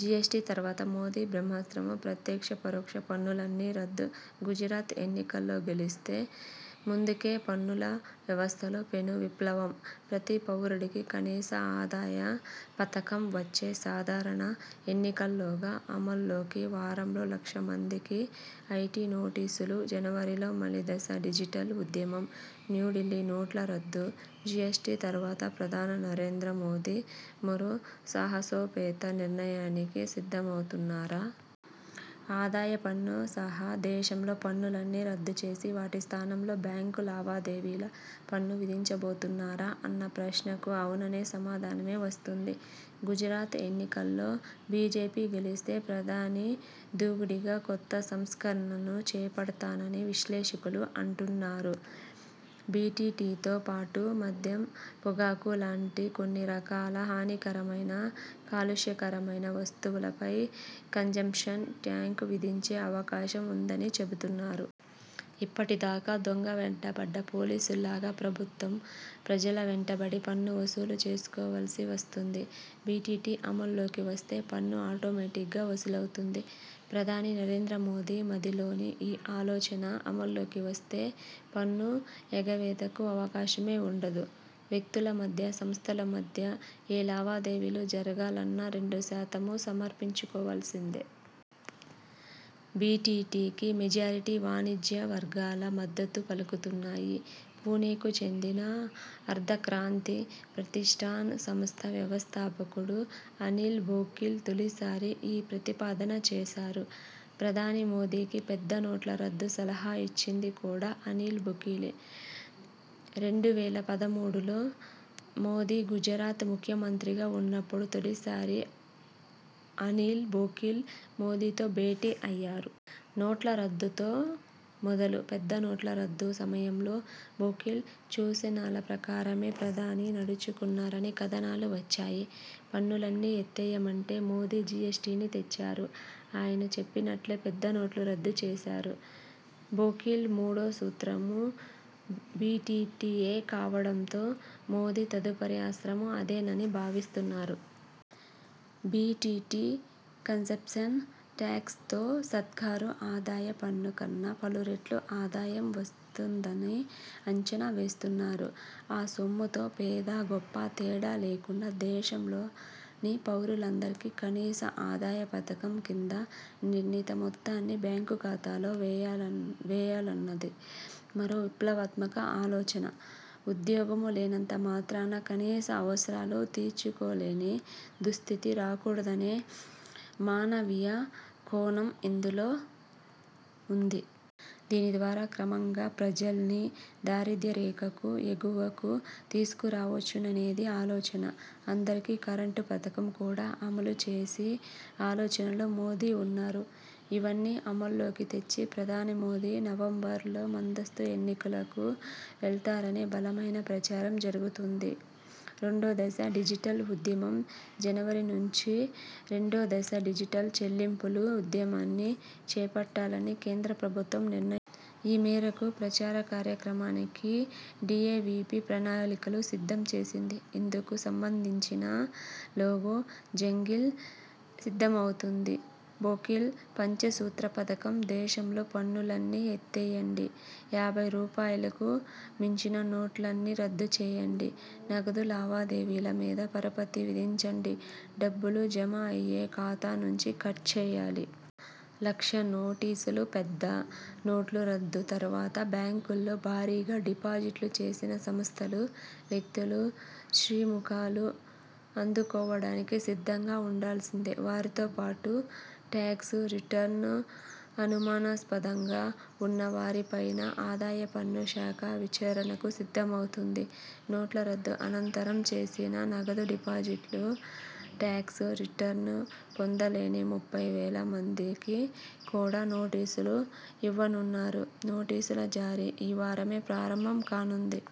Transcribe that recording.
GST తర్వాత మోదీ బ్రహ్మాస్త్రం.. ప్రత్యక్ష, పరోక్ష పన్నులన్నీ రద్దుగుజరాత్ ఎన్నికల్లో గెలిస్తే ముందుకేపన్నుల వ్యవస్థలో పెను విప్లవంప్రతీ పౌరుడికి కనీస ఆదాయ పథకంవచ్చే సాధారణ ఎన్నికల్లోగా అమల్లోకివారంలో లక్ష మందికి ఐటీ నోటీసులుజనవరిలో మలి దశ డిజిటల్ ఉద్యమంన్యూఢిల్లీ నోట్ల రద్దు, జీఎస్టీల తర్వాత ప్రధాని నరేంద్ర మోదీ మరో సాహసోపేత నిర్ణయానికి సిద్ధమవుతున్నారా? ఆదాయ పన్ను సహా దేశంలో పన్నులన్నీ రద్దుచేసి వాటి స్థానంలో బ్యాంకు లావాదేవీల పన్ను విధించబోతున్నారా? అన్న ప్రశ్నలకు అవుననే సమాధానమే వస్తోంది. గుజరాత్ ఎన్నికల్లో బీజేపీ గెలిస్తే ప్రధాని దూకుడుగా కొత్త సంస్కరణలను చేపడతారని విశ్లేషకులు అంటున్నారు. బీటీటీతో పాటు మద్యం, పొగాకు లాంటి కొన్ని రకాల హానికరమైన, కాలుష్యకారకమైన వస్తువులపై కన్జంప్షన్ ట్యాక్స్ విధించే అవకాశం ఉందని చెబుతున్నారు. ఇప్పటిదాకా దొంగ వెంటపడ్డ పోలీసులాగా ప్రభుత్వం ప్రజల వెంటపడి పన్ను వసూలు చేసుకోవాల్సి వస్తోంది. బీటీటీ అమల్లోకి వస్తే పన్ను ఆటోమాటిక్గా వసూలవుతుంది. ప్రధాని నరేంద్ర మోదీ మదిలోని ఈ ఆలోచన అమల్లోకి వస్తే పన్ను ఎగవేతకు అవకాశమే ఉండదు. వ్యక్తుల మధ్య, సంస్థల మధ్య ఏ లావాదేవీ జరగాలన్నా రెండు శాతం సమర్పించుకోవాల్సిందే. బీటీటీకి మెజారిటీ వాణిజ్య వర్గాలు మద్దతు పలుకుతున్నాయి. పుణేకు చెందిన అర్ధక్రాంతి ప్రతిష్ఠాన్ సంస్థ వ్యవస్థాపకుడు అనిల్ బోకిల్ తొలిసారి ఈ ప్రతిపాదన చేశారు. ప్రధాని మోదీకి పెద్ద నోట్ల రద్దు సలహా ఇచ్చింది కూడా అనిల్ బోకిలే. రెండు వేల పదమూడులో మోదీ గుజరాత్ ముఖ్యమంత్రిగా ఉన్నపుడు తొలిసారి అనిల్ బోకిల్ మోదీతో భేటీ అయ్యారు. నోట్ల రద్దుతో మొదలుపెద్ద నోట్ల రద్దు సమయంలో బోకిల్ సూచనల ప్రకారమే ప్రధాని నడుచుకున్నారని కథనాలు వచ్చాయి. పన్నులన్నీ ఎత్తేయమంటే మోదీ జీఎస్టీని తెచ్చారు. ఆయన చెప్పినట్లే పెద్ద నోట్ల రద్దు చేశారు. బోకిల్ మూడో సూత్రం బీటీటీయే కావడంతో మోదీ తదుపరి అస్త్రం అదేనని భావిస్తున్నారు. బీటీటీ, కన్జంప్షన్ ట్యాక్స్లతో సర్కారుకు ఆదాయ పన్ను కన్నా పలురెట్ల ఆదాయం వస్తుందని అంచనా వేస్తున్నారు. ఆ సొమ్ముతో పేదా, గొప్పా తేడా లేకుండా దేశంలోని పౌరులందరికీ కనీస ఆదాయ పథకం కింద నిర్ణీత మొత్తాన్ని బ్యాంకు ఖాతాలో వేయాలన వేయాలన్నది మరో విప్లవాత్మక ఆలోచన. ఉద్యోగం లేనంత మాత్రాన కనీస అవసరాలు తీర్చుకోలేని దుస్థితి రాకూడదనే మానవీయ కోణం ఇందులో ఉంది. దీనిద్వారా క్రమంగా ప్రజల్ని దారిద్య్రరేఖకు ఎగువకు తీసుకు రావచ్చనేది ఆలోచన. అందరికీ కరెంటు పథకం కూడా అమలు చేసే ఆలోచనలో మోదీ ఉన్నారు. ఇవన్నీ అమల్లోకి తెచ్చి ప్రధాని మోదీ నవంబరులోముందస్తు ఎన్నికలకు వెళ్తారనే బలమైన ప్రచారం జరుగుతోంది. రెండో దశ డిజిటల్ ఉద్యమంజనవరి నుంచి రెండో దశ డిజిటల్ చెల్లింపుల ఉద్యమాన్ని చేట్టాలని కేంద్ర ప్రభుత్వం నిర్ణయించింది. ఈ మేరకు ప్రచార కార్యక్రమానికి డీఏవీపీ ప్రణాళికలు సిద్ధం చేసింది. ఇందుకు సంబంధించిన లోగో, జింగిల్ సిద్ధమవుతుంది. బోకిల్ పంచసూత్ర పథకం దేశంలో పన్నులన్నీ ఎత్తేయండి. యాభై రూపాయలకు మించిన నోట్లన్నీ రద్దు చేయండి నగదు లావాదేవీల మీద పరిమితి విధించండి. డబ్బులు జమ అయ్యే ఖాతా నుంచే కట్ చేయాలి. లక్ష నోటీసులుపెద్ద నోట్ల రద్దు తర్వాత బ్యాంకుల్లో భారీగా డిపాజిట్లు చేసిన సంస్థలు, వ్యక్తులు శ్రీముఖాలు అందుకోవడానికి సిద్ధంగా ఉండాల్సిందే. వారితోపాటు ట్యాక్స్ రిటర్న్ అనుమానాస్పదంగా ఉన్న వారిపైనా ఆదాయ పన్ను శాఖ విచారణకు సిద్ధమవుతోంది. నోట్ల రద్దు అనంతరం చేసిన నగదుడిపాజిట్లు, ట్యాక్స్ రిటర్న్ పొందలేని ముప్పై వేల మందికి కూడా నోటీసులు ఇవ్వనున్నారు. నోటీసుల జారీ ఈ వారమే ప్రారంభం కానుంది.